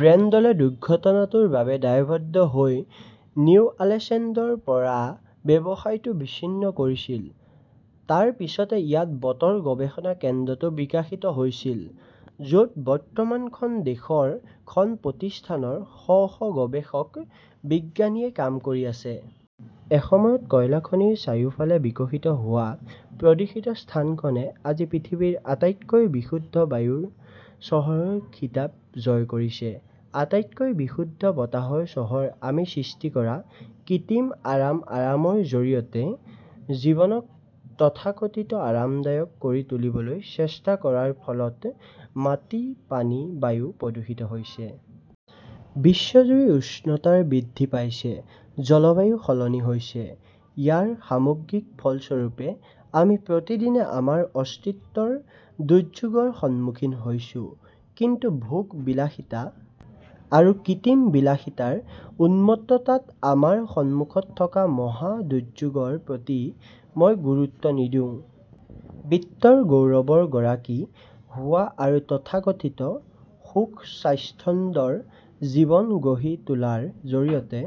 ব্ৰেণ্ডলে দুৰ্ঘটনাটোৰ বাবে দায়বদ্ধ হৈ নিউ আলেচেণ্ডৰ পৰা ব্যৱসায়টো বিচ্ছিন্ন কৰিছিল। তাৰ পিছতে ইয়াত বতৰ গৱেষণা কেন্দ্ৰটো বিকাশিত হৈছিল। য 'ত বৰ্তমান খন দেশৰ খন প্ৰতিষ্ঠানৰ শ শ গৱেষক, বিজ্ঞানীয়ে কাম কৰি আছে। এসময়ত কয়লা খনিৰ চাৰিওফালে বিকশিত হোৱা প্ৰদূষিত স্থানখনে আজি পৃথিৱীৰ আটাইতকৈ বিশুদ্ধ বায়ুৰ চহৰৰ খিতাপ জয় কৰিছে। আটাইতকৈ বিশুদ্ধ বতাহৰ চহৰ আমি সৃষ্টি কৰা কৃত্ৰিম আৰাম-আৰামৰ জৰিয়তে জীৱনক তথাকথিত আৰামদায়ক কৰি তুলিবলৈ চেষ্টা কৰাৰ ফলত মাটি, পানী, বায়ু প্ৰদূষিত হৈছে। বিশ্বজুৰি উষ্ণতা বৃদ্ধি পাইছে; জলবায়ু সলনি হৈছে। ইয়াৰ সামগ্ৰিক ফলস্বৰূপে আমি প্ৰতিদিনে আমাৰ অস্তিত্বৰ দুৰ্যোগৰ সন্মুখীন হৈছো। কিন্তু ভোগ-বিলাসিতা আৰু কৃত্ৰিম বিলাসিতাৰ উন্মত্ততাত আমাৰ সন্মুখত থকা মহা-দুৰ্যোগৰ প্ৰতি মই গুৰুত্ব নিদিওঁ। বিত্তৰ গৌৰৱৰ গৰাকী হোৱা আৰু তথাকথিত সুখ-স্বাচ্ছন্দ্যৰ জীৱন গঢ়ি তোলাৰ জৰিয়তে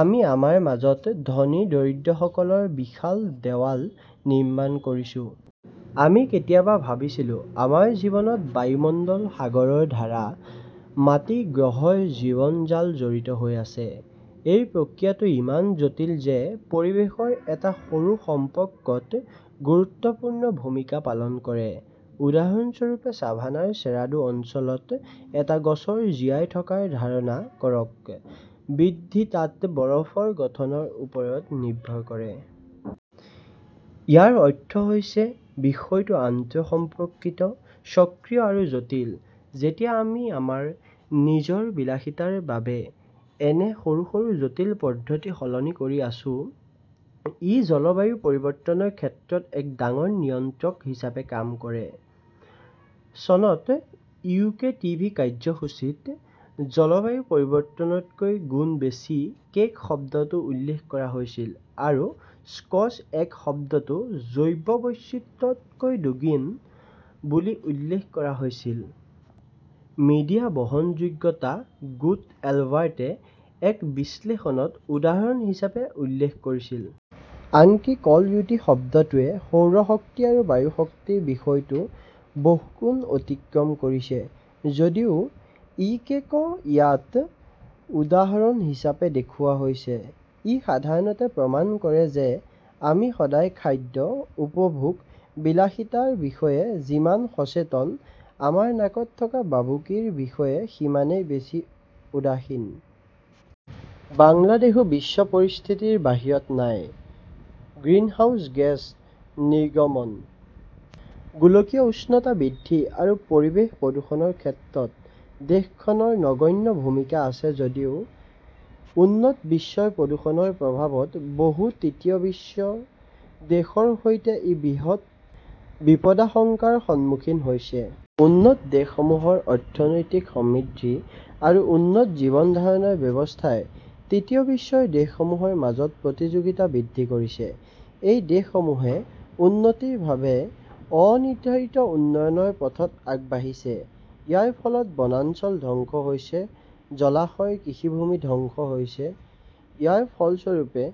আমি আমাৰ মাজত ধনী-দৰিদ্ৰসকলৰ বিশাল দেৱাল নিৰ্মাণ কৰিছো। আমি কেতিয়াবা ভাবিছিলো-আমাৰ জীৱনত বায়ুমণ্ডল, সাগৰৰ ধাৰা, মাটি, গ্ৰহৰ জীৱন-জাল জড়িত হৈ আছে। এই প্ৰক্ৰিয়াটো ইমান জটিল যে পৰিৱেশৰ এটা সৰু সম্পৰ্কত গুৰুত্বপূৰ্ণ ভূমিকা পালন কৰে। উদাহৰণস্বৰূপে, ছাভানাৰ ছেৰাডো অঞ্চলত এটা গছৰ জীয়াই থকাৰ ধাৰণা কৰক, বৃদ্ধি তাত বৰফৰ গঠনৰ ওপৰত নিৰ্ভৰ কৰে। ইয়াৰ অৰ্থ হৈছে, বিষয়টো আন্তঃসম্পৰ্কিত, চক্ৰীয় আৰু জটিল। যেতিয়া আমি আমাৰ নিজৰ বিলাসিতাৰ বাবে এনে সৰু সৰু জটিল পদ্ধতি সলনি কৰি আছো, ই জলবায়ু পৰিৱৰ্তনৰ ক্ষেত্ৰত এক ডাঙৰ নিয়ন্ত্ৰক হিচাপে কাম কৰে। চনত ইউকে টিভি কাৰ্যসূচীত 'জলবায়ু পৰিৱৰ্তন তকৈ গুণ বেছি' কেক শব্দটো উল্লেখ কৰা হৈছিল আৰু 'স্কচ এগ শব্দটো' জৈৱ বৈচিত্ৰ্য তকৈ দুগুণ বুলি উল্লেখ কৰা হৈছিল, মিডিয়া বহনযোগ্যতা গোট এলবাৰ্টে এক বিশ্লেষণত উদাহৰণ হিচাপে উল্লেখ কৰিছিল। আনকি 'কল-ৰুটি শব্দটোৱে' সৌৰ শক্তি আৰু 'বায়ু শক্তিৰ বিষয়টো বহুগুণ অতিক্ৰম কৰিছে। যদিও ইউ. কে. -ক ইয়াত উদাহৰণ হিচাপে দেখুওৱা হৈছে, ই সাধাৰণতে প্ৰমাণ কৰে যে আমি সদায় খাদ্য, উপভোগ-বিলাসিতাৰ বিষয়ে যিমান সচেতন, আমাৰ নাকত থকা ভাবুকিৰ বিষয়ে সিমানেই বেছি উদাসীন। বাংলাদেশো বিশ্ব পৰিস্থিতিৰ বাহিৰত নাই। গ্ৰীণহাউছ গেছ নিৰ্গমন, গোলকীয় উষ্ণতা বৃদ্ধি আৰু পৰিৱেশ প্ৰদূষণৰ ক্ষেত্ৰত দেশখনৰ নগণ্য ভূমিকা আছে যদিও উন্নত বিশ্বৰ প্ৰদূষণৰ প্ৰভাৱত বহু তৃতীয় বিশ্বৰ দেশৰ সৈতে ই বৃহৎ বিপদাশংকাৰ সন্মুখীন হৈছে। উন্নত দেশসমূহৰ অৰ্থনৈতিক সমৃদ্ধি আৰু উন্নত জীৱন-ধাৰণৰ ব্যৱস্থাই তৃতীয় বিশ্বৰ দেশসমূহৰ মাজত প্ৰতিযোগিতা বৃদ্ধি কৰিছে। এই দেশসমূহে উন্নতিৰ বাবে অনিৰ্ধাৰিত উন্নয়নৰ পথত আগবাঢ়িছে। ইয়াৰ ফলত বনাঞ্চল ধ্বংস হৈছে; জলাশয়, কৃষিভূমি ধ্বংস হৈছে। ইয়াৰ ফলস্বৰূপে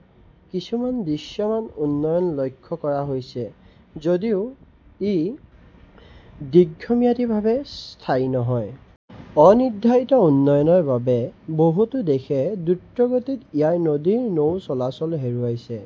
কিছুমান দৃশ্যমান উন্নয়ন লক্ষ্য কৰা হৈছে যদিও ই দীৰ্ঘম্যাদীভাৱে স্থায়ী নহয়। অনিৰ্ধাৰিত উন্নয়নৰ বাবে বহুতো দেশে দ্ৰুতগতিত ইয়াৰ নদীৰ নৌ চলাচল হেৰুৱাইছে।